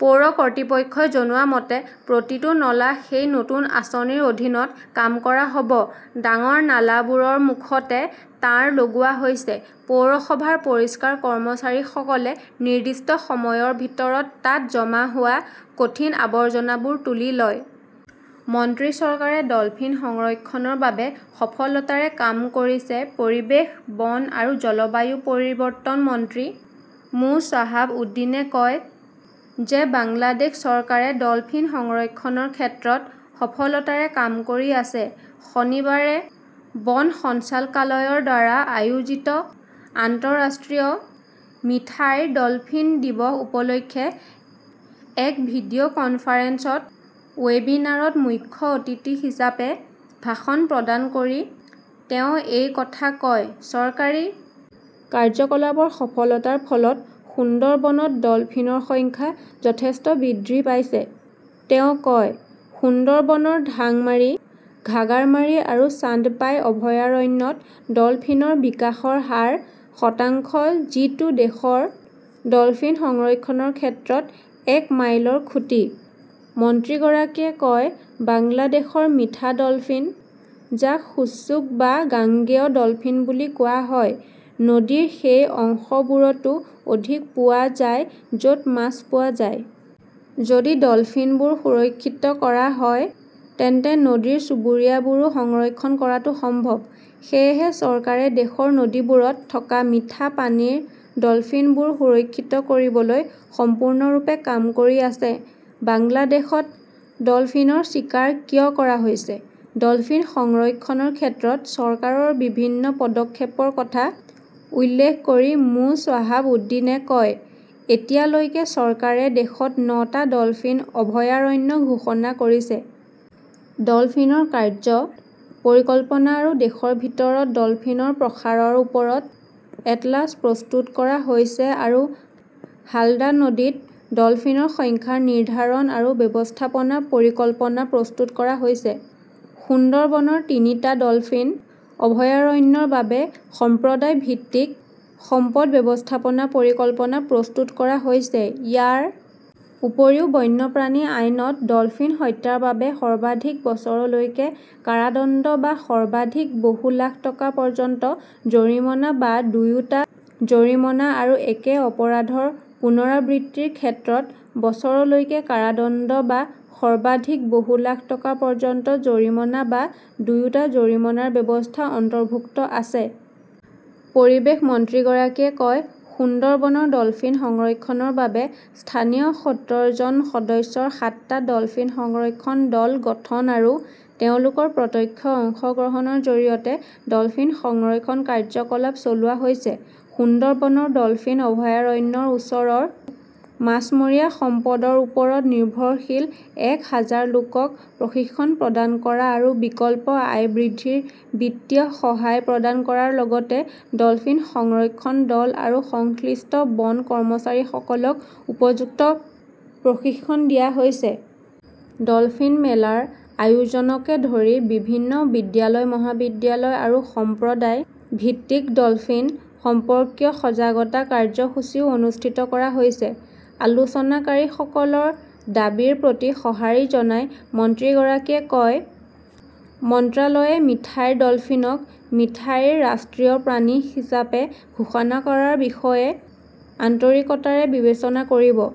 পৌৰ কৰ্তৃপক্ষই জনোৱা মতে, প্ৰতিটো নলা সেই নতুন আঁচনিৰ অধীনত কাম কৰা হ 'ব। ডাঙৰ নালাবোৰৰ মুখতে তাঁৰ লগোৱা হৈছে। পৌৰসভাৰ পৰিষ্কাৰ কৰ্মচাৰীসকলে নিৰ্দিষ্ট সময়ৰ ভিতৰত তাত জমা হোৱা কঠিন আৱৰ্জনাবোৰ তুলি লয়। মন্ত্ৰী চৰকাৰে ডলফিন সংৰক্ষণৰ বাবে সফলতাৰে কাম কৰিছে পৰিৱেশ, বন আৰু জলবায়ু পৰিৱৰ্তন মন্ত্ৰী মো শ্বাহাব উদ্দিনে কয় যে বাংলাদেশ চৰকাৰে ডলফিন সংৰক্ষণৰ ক্ষেত্ৰত সফলতাৰে কাম কৰি আছে। শনিবাৰে বন সঞ্চালকালয়ৰ দ্বাৰা আয়োজিত আন্তঃৰাষ্ট্ৰীয় মিঠাইৰ ডলফিন দিৱস- উপলক্ষে এক ভিডিঅ কনফাৰেন্সত ৱেবিনাৰত মুখ্য অতিথি হিচাপে ভাষণ প্ৰদান কৰি তেওঁ এই কথা কয়। চৰকাৰী কাৰ্যকলাপৰ সফলতাৰ ফলত সুন্দৰবনত ডলফিনৰ সংখ্যা যথেষ্ট বৃদ্ধি পাইছে, তেওঁ কয়। সুন্দৰবনৰ ঢাংমাৰী, ঘাগাৰমাৰী আৰু চান্দপাই অভয়াৰণ্যত ডলফিনৰ বিকাশৰ হাৰ শতাংশ যিটো দেশৰ ডলফিন সংৰক্ষণৰ ক্ষেত্ৰত এক মাইলৰ খুঁটি। মন্ত্ৰীগৰাকীয়ে কয়, বাংলাদেশৰ মিঠা ডলফিন, যাক শুছুক বা গাঙ্গেয় ডলফিন বুলি কোৱা হয়, নদীৰ সেই অংশবোৰতো অধিক পোৱা যায় য 'ত মাছ পোৱা যায়। যদি ডলফিনবোৰ সুৰক্ষিত কৰা হয় তেন্তে নদীৰ চুবুৰীয়াবোৰো সংৰক্ষণ কৰাটো সম্ভৱ। সেয়েহে চৰকাৰে দেশৰ নদীবোৰত থকা মিঠা পানীৰ ডলফিনবোৰ সুৰক্ষিত কৰিবলৈ সম্পূৰ্ণৰূপে কাম কৰি আছে। বাংলাদেশত ডলফিনৰ চিকাৰ কিয় কৰা হৈছে? ডলফিন সংৰক্ষণৰ ক্ষেত্ৰত চৰকাৰৰ বিভিন্ন পদক্ষেপৰ কথা উল্লেখ কৰি মো শ্বাহাব উদ্দীনে কয়, এতিয়ালৈকে চৰকাৰে দেশত ন'টা ডলফিন অভয়াৰণ্য ঘোষণা কৰিছে। ডলফিনৰ কাৰ্য্য পৰিকল্পনা আৰু দেশৰ ভিতৰত ডলফিনৰ প্ৰসাৰৰ ওপৰত এটলাস প্ৰস্তুত কৰা হৈছে আৰু হালদা নদীত ডলফিনৰ সংখ্যা নিৰ্ধাৰণ আৰু ব্যৱস্থাপনা পৰিকল্পনা প্ৰস্তুত কৰা হৈছে। সুন্দৰবনৰ তিনিটা ডলফিন অভয়াৰণ্যৰ বাবে সম্প্ৰদায় ভিত্তিক সম্পদ ব্যৱস্থাপনা পৰিকল্পনা প্ৰস্তুত কৰা হৈছে। ইয়াৰ উপৰিও বন্যপ্ৰাণী আইনত ডলফিন হত্যাৰ বাবে সৰ্বাধিক বছৰলৈকে কাৰাদণ্ড বা সৰ্বাধিক বহু লাখ টকা পৰ্যন্ত জৰিমনা বা দুয়োটা জৰিমনা আৰু একে অপৰাধৰ পুনৰাবৃত্তিৰ ক্ষেত্ৰত বছৰলৈকে কাৰাদণ্ড বা সৰ্বাধিক বহু লাখ টকা পৰ্যন্ত জৰিমনা বা দুয়োটা জৰিমনাৰ ব্যৱস্থা অন্তৰ্ভুক্ত আছে। পৰিৱেশ মন্ত্ৰীগৰাকীয়ে কয়, সুন্দৰবনৰ ডলফিন সংৰক্ষণৰ বাবে স্থানীয় সত্তৰজন সদস্যৰ সাতটা ডলফিন সংৰক্ষণ দল গঠন আৰু তেওঁলোকৰ প্ৰত্যক্ষ অংশগ্ৰহণৰ জৰিয়তে ডলফিন সংৰক্ষণ কাৰ্যকলাপ চলোৱা হৈছে। সুন্দৰবনৰ ডলফিন অভয়াৰণ্যৰ ওচৰৰ মাছমৰীয়া সম্পদৰ ওপৰত নিৰ্ভৰশীল এক হাজাৰ লোকক প্ৰশিক্ষণ প্ৰদান কৰা আৰু বিকল্প আয় বৃদ্ধিৰ বিত্তীয় সহায় প্ৰদান কৰাৰ লগতে ডলফিন সংৰক্ষণ দল আৰু সংশ্লিষ্ট বন কৰ্মচাৰীসকলক উপযুক্ত প্ৰশিক্ষণ দিয়া হৈছে। ডলফিন মেলাৰ আয়োজনকে ধৰি বিভিন্ন বিদ্যালয়-মহাবিদ্যালয় আৰু সম্প্ৰদায় ভিত্তিক ডলফিন সম্পৰ্কীয় সজাগতা কাৰ্যসূচীও অনুষ্ঠিত কৰা হৈছে। আলোচনাকাৰীসকলৰ দাবীৰ প্ৰতি সঁহাৰি জনাই মন্ত্ৰীগৰাকীয়ে কয়, মন্ত্ৰালয়ে মিঠাইৰ ডলফিনক মিঠাইৰ ৰাষ্ট্ৰীয় প্ৰাণী হিচাপে ঘোষণা কৰাৰ বিষয়ে আন্তৰিকতাৰে বিবেচনা কৰিব।